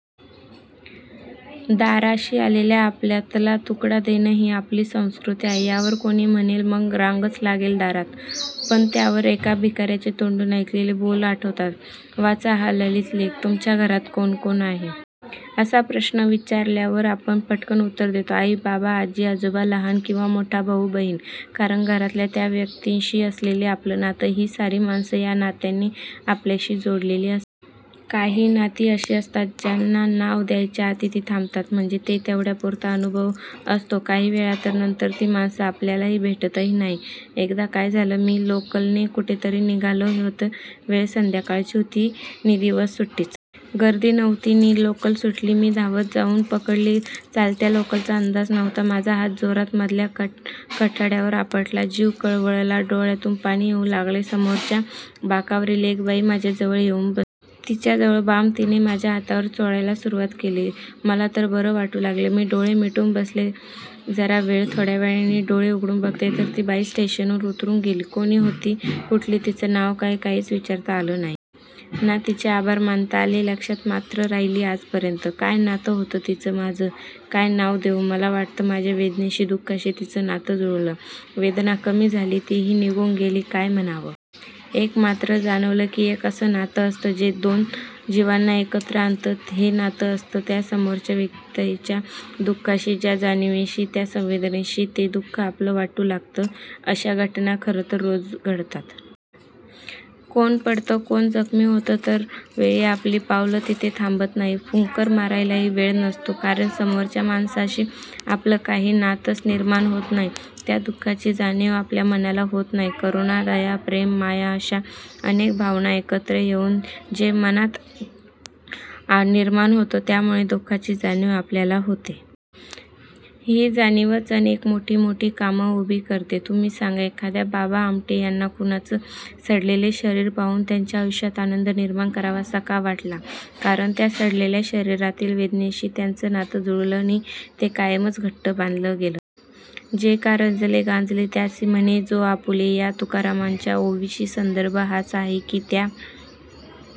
दाराशी आलेल्याला आपल्यातला तुकडा देणं ही आपली संस्कृती आहे. यावर कोणी म्हणेल, 'मग रांगच लागेल दारात! ' पण त्यावर एका भिकार्याच्या तोंडून ऐकलेले बोल आठवतात... वाचा, हा ललित लेख- "तुमच्या घरात कोण कोण आहे? " असा प्रश्न विचारल्यावर आपण पटकन उत्तर देतो –" आई, बाबा, आजी, आजोबा, लहान किंवा मोठा भाऊ-बहीण! " कारण घरातल्या त्या त्या व्यक्तींशी असलेलं आपलं नातं. ही सारी माणसं या नात्यांनी आपल्याशी जोडलेली असतात. काही नाती अशी असतात, ज्यांना नाव द्यायच्या आत ती थांबतात. म्हणजे तो तेवढ्यापुरता अनुभव असतो. काही वेळा तर नंतर ती माणसं आपल्याला भेटतही नाहीत. एकदा काय झालं, मी लोकलने कुठेतरी निघाले होते. वेळ संध्याकाळची होती नि दिवस सुट्टीचा. गर्दी नव्हती नि लोकल सुटली. मी धावत जाऊन पकडली. चालत्या लोकलचा अंदाज नव्हता. माझा हात जोरात मधल्या कठड्यावर आपटला. जीव कळवळला. डोळ्यांतून पाणी येऊ लागलं. समोरच्या बाकावरील एक बाई माझ्या जवळ येऊन बसली. तिच्याजवळचा बाम तिनं माझ्या हातावर चोळायला सुरुवात केली. मला बरं वाटू लागलं. मी डोळे मिटून बसले जरा वेळ. थोड्या वेळाने डोळे उघडून बघते तर ती बाई स्टेशनवर उतरून गेली होती. कोण, कुठली, तिचं नाव काय, काहीच विचारता आलं नाही. ना तिचे आभार मानता आले. लक्षात मात्र राहिली आजपर्यंत. काय नातं होतं तिचं माझं? काय नाव देऊ? मला वाटतं माझ्या वेदनेशी, दु:खाशी तिचं नातं जुळलं. वेदना कमी झाली, तीही निघून गेली. काय म्हणावं? एक मात्र जाणवलं की एक असं नातं असतं, जे दोन जिवांना एकत्र आणतं. हे नातं असतं त्या समोरच्या व्यक्तीच्या दु:खाशी... त्या जाणिवेशी, त्या संवेदनेशी. ते दु:ख आपलं वाटू लागतं. अशा घटना खरंतर रोज घडतात. कोण पडतं, कोण जखमी होतं, दर वेळी आपली पावलं तिथे थांबत नाहीत. फुंकर मारायलाही वेळ नसतो, कारण समोरच्या माणसाशी आपलं काही नातंच निर्माण होत नाही. त्या दु:खाची जाणीव आपल्या मनाला होत नाही. करुणा, दया, प्रेम, माया अशा अनेक भावना एकत्र होऊन जे मनात निर्माण होतं, त्यामुळे दु:खाची जाणीव आपल्याला होते. ही जाणीवच अनेक मोठी मोठी कामं उभी करते. तुम्ही सांगा, एखाद्या बाबा आमटे यांना कुणाचं सडलेलं शरीर पाहून त्याच्या आयुष्यात आनंद निर्माण करावासा का वाटला? कारण त्या सडलेल्या शरीरातील वेदनेशी त्यांचं नातं जुळलं नि ते कायमचं घट्ट बांधलं गेलं. 'जे का रंजले गांजले, त्यासी म्हणे जो आपुले' या तुकारामांच्या ओवीचा संदर्भ हाच आहे की, त्या